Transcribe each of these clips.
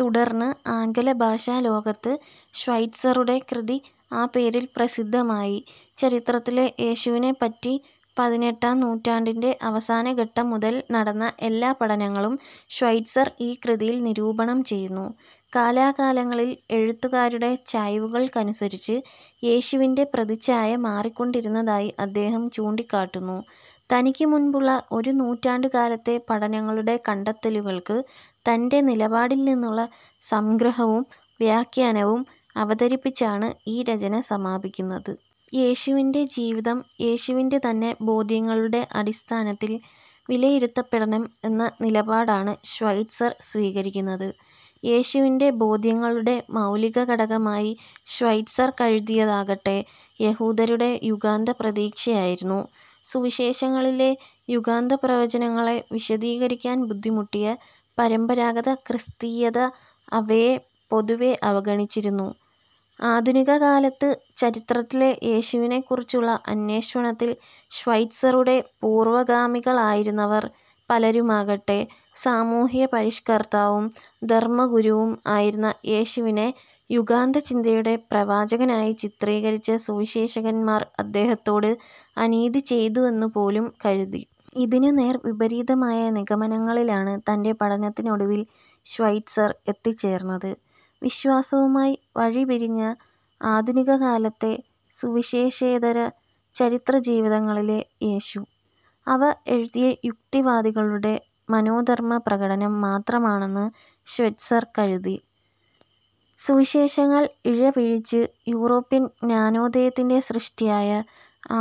തുടർന്ന്, ആംഗലഭാഷ ലോകത്ത് ഷ്വൈറ്റ്സറുടെ കൃതി ആ പേരിൽ പ്രസിദ്ധമായി. ചരിത്രത്തിലെ യേശുവിനെപ്പറ്റി പതിനെട്ടാം നൂറ്റാണ്ടിന്റെ അവസാനഘട്ടം മുതൽ നടന്ന എല്ലാ പഠനങ്ങളും ഷ്വൈറ്റ്സർ ഈ കൃതിയിൽ നിരൂപണം ചെയ്യുന്നു. കാലാകാലങ്ങളിൽ എഴുത്തുകാരുടെ ചായ്വുകൾക്കനുസരിച്ച് യേശുവിന്റെ പ്രതിച്ഛായ മാറിക്കൊണ്ടിരുന്നതായി അദ്ദേഹം ചൂണ്ടിക്കാട്ടുന്നു. തനിക്കു മുൻപുള്ള ഒരു നൂറ്റാണ്ടുകാലത്തെ പഠനങ്ങളുടെ കണ്ടെത്തലുകൾക്ക് തന്റെ നിലപാടിൽ നിന്നുള്ള സംഗ്രഹവും വ്യാഖ്യാനവും അവതരിപ്പിച്ചാണ് ഈ രചന സമാപിക്കുന്നത്. യേശുവിന്റെ ജീവിതം യേശുവിന്റെ തന്നെ ബോദ്ധ്യങ്ങളുടെ അടിസ്ഥാനത്തിൽ വിലയിരുത്തപ്പെടണം എന്ന നിലപാടാണ് ഷ്വൈറ്റ്സർ സ്വീകരിക്കുന്നത്. യേശുവിന്റെ ബോദ്ധ്യങ്ങളുടെ മൗലികഘടകമായി ഷ്വൈറ്റ്സർ കരുതിയതാകട്ടെ, യഹൂദരുടെ യുഗാന്തപ്രതീക്ഷ ആയിരുന്നു. സുവിശേഷങ്ങളിലെ യുഗാന്തപ്രവചനങ്ങളെ വിശദീകരിക്കാൻ ബുദ്ധിമുട്ടിയ പരമ്പരാഗതക്രിസ്തീയത, അവയെ പൊതുവേ അവഗണിച്ചിരുന്നു. ആധുനികകാലത്ത് ചരിത്രത്തിലെ യേശുവിനെക്കുറിച്ചുള്ള അന്വേഷണത്തിൽ ഷ്വൈറ്റ്സറുടെ പൂർവഗാമികളായിരുന്നവർ പലരുമാകട്ടെ, സാമൂഹ്യപരിഷ്കർത്താവും ധർമ്മഗുരുവും ആയിരുന്ന യേശുവിനെ യുഗാന്തചിന്തയുടെ പ്രവാചകനായി ചിത്രീകരിച്ച സുവിശേഷകന്മാർ അദ്ദേഹത്തോട് അനീതിചെയ്തെന്നു പോലും കരുതി. ഇതിനു നേർവിപരീതമായ നിഗമനങ്ങളിലാണ് തന്റെ പഠനത്തിനൊടുവിൽ ഷ്വൈറ്റ്സർ എത്തിച്ചേർന്നത്. വിശ്വാസവുമായി വഴിപിരിഞ്ഞ ആധുനിക കാലത്തെ സുവിശേഷേതര ജീവചരിത്രങ്ങളിലെ യേശു, അവ എഴുതിയ യുക്തിവാദികളുടെ മനോധർമ്മപ്രകടനം മാത്രമാണെന്ന് ഷ്വൈറ്റ്സർ കരുതി. സുവിശേഷങ്ങൾ ഇഴ പിരിച്ച്, യൂറോപ്യൻ ജ്ഞാനോദയത്തിന്റെ സൃഷ്ടിയായ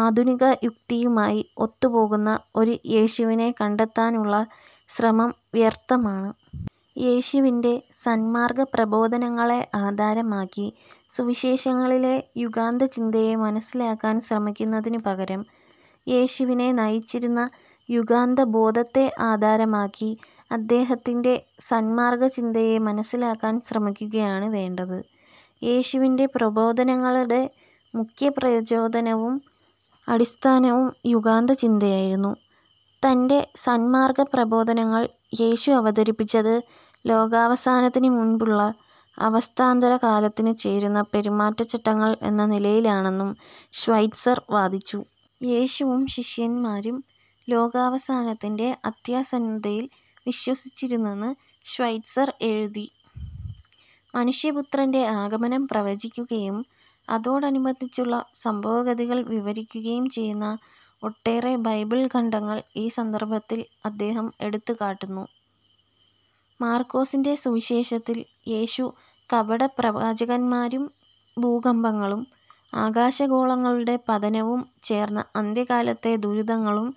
ആധുനികയുക്തിയുമായി ഒത്തുപോകുന്ന ഒരു യേശുവിനെ കണ്ടെത്താനുള്ള ശ്രമം വ്യർഥമാണ്. യേശുവിന്റെ സന്മാർഗ്ഗപ്രബോധനങ്ങളെ ആധാരമാക്കി സുവിശേഷങ്ങളിലെ യുഗാന്തചിന്തയെ മനസ്സിലാക്കാൻ ശ്രമിക്കുന്നതിനു പകരം യേശുവിനെ നയിച്ചിരുന്ന യുഗാന്തബോധത്തെ ആധാരമാക്കി അദ്ദേഹത്തിന്റെ സന്മാർഗ്ഗചിന്തയെ മനസ്സിലാക്കാൻ ശ്രമിക്കുകയാണ് വേണ്ടത്. യേശുവിന്റെ പ്രബോധനങ്ങളുടെ മുഖ്യ പ്രചോദനവും അടിസ്ഥാനവും യുഗാന്തചിന്തയായിരുന്നു. തന്റെ സന്മാർഗ്ഗപ്രബോധനങ്ങൾ യേശു അവതരിപ്പിച്ചത് ലോകാവസാനത്തിനു മുൻപുള്ള അവസ്ഥാന്തരകാലത്തിനു ചേരുന്ന പെരുമാറ്റചട്ടങ്ങൾ എന്ന നിലയിലാണെന്നും ഷ്വൈറ്റ്സർ വാദിച്ചു. യേശുവും ശിഷ്യന്മാരും ലോകാവസാനത്തിന്റെ അത്യാസന്നതയിൽ വിശ്വസിച്ചിരുന്നെന്ന് ഷ്വൈറ്റ്സർ എഴുതി. 'മനുഷ്യപുത്രന്റെ' ആഗമനം പ്രവചിക്കുകയും അതോടനുബന്ധിച്ചുള്ള സംഭവഗതികൾ വിവരിക്കുകയും ചെയ്യുന്ന ഒട്ടേറെ ബൈബിൾ ഖണ്ഡങ്ങൾ ഈ സന്ദർഭത്തിൽ അദ്ദേഹം എടുത്തുകാട്ടുന്നു. മർക്കോസിന്റെ സുവിശേഷത്തിൽ യേശു, കപടപ്രവാചകന്മാരും, ഭൂകമ്പങ്ങളും, ആകാശഗോളങ്ങളുടെ പതനവും, ചേർന്ന അന്ത്യകാലത്തെ "ദുരിതങ്ങളും"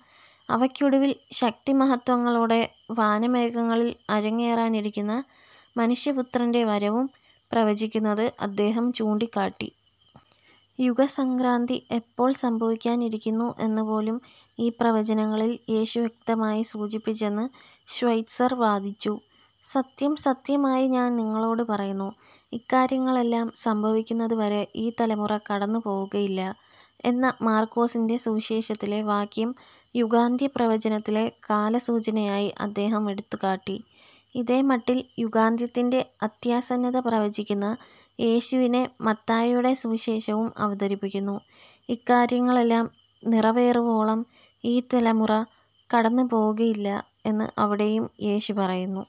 അവക്കൊടുവിൽ "ശക്തിമഹത്ത്വങ്ങളോടെ വാനമേഘങ്ങളിൽ" അരങ്ങേറാനിരിക്കുന്ന മനുഷ്യപുത്രന്റെ വരവും പ്രവചിക്കുന്നത് അദ്ദേഹം ചൂണ്ടിക്കാട്ടി. യുഗസംക്രാന്തി എപ്പോൾ സംഭവിക്കാനിരിക്കുന്നു എന്നു പോലും ഈ പ്രവചനങ്ങളിൽ യേശു വ്യക്തമായി സൂചിപ്പിച്ചെന്ന് ഷ്വൈറ്റ്സർ വാദിച്ചു: "സത്യം സത്യമായി ഞാൻ നിങ്ങളോടു പറയുന്നു, ഇക്കാര്യങ്ങളെല്ലാം സംഭവിക്കുന്നതു വരെ ഈ തലമുറ കടന്നു പോവുകയില്ല" എന്ന മർക്കോസിന്റെ സുവിശേഷത്തിലെ വാക്യം യുഗാന്ത്യപ്രവചനത്തിലെ കാലസൂചനയായി അദ്ദേഹം എടുത്തുകാട്ടി. ഇതേമട്ടിൽ യുഗാന്ത്യത്തിന്റെ അത്യാസന്നത പ്രവചിക്കുന്ന യേശുവിനെ മത്തായിയുടെ സുവിശേഷവും അവതരിപ്പിക്കുന്നു: "ഇക്കാര്യങ്ങളെല്ലാം നിറവേറുവോളം ഈ തലമുറ കടന്നുപോവുകയില്ല" എന്ന് അവിടെയും യേശു പറയുന്നു.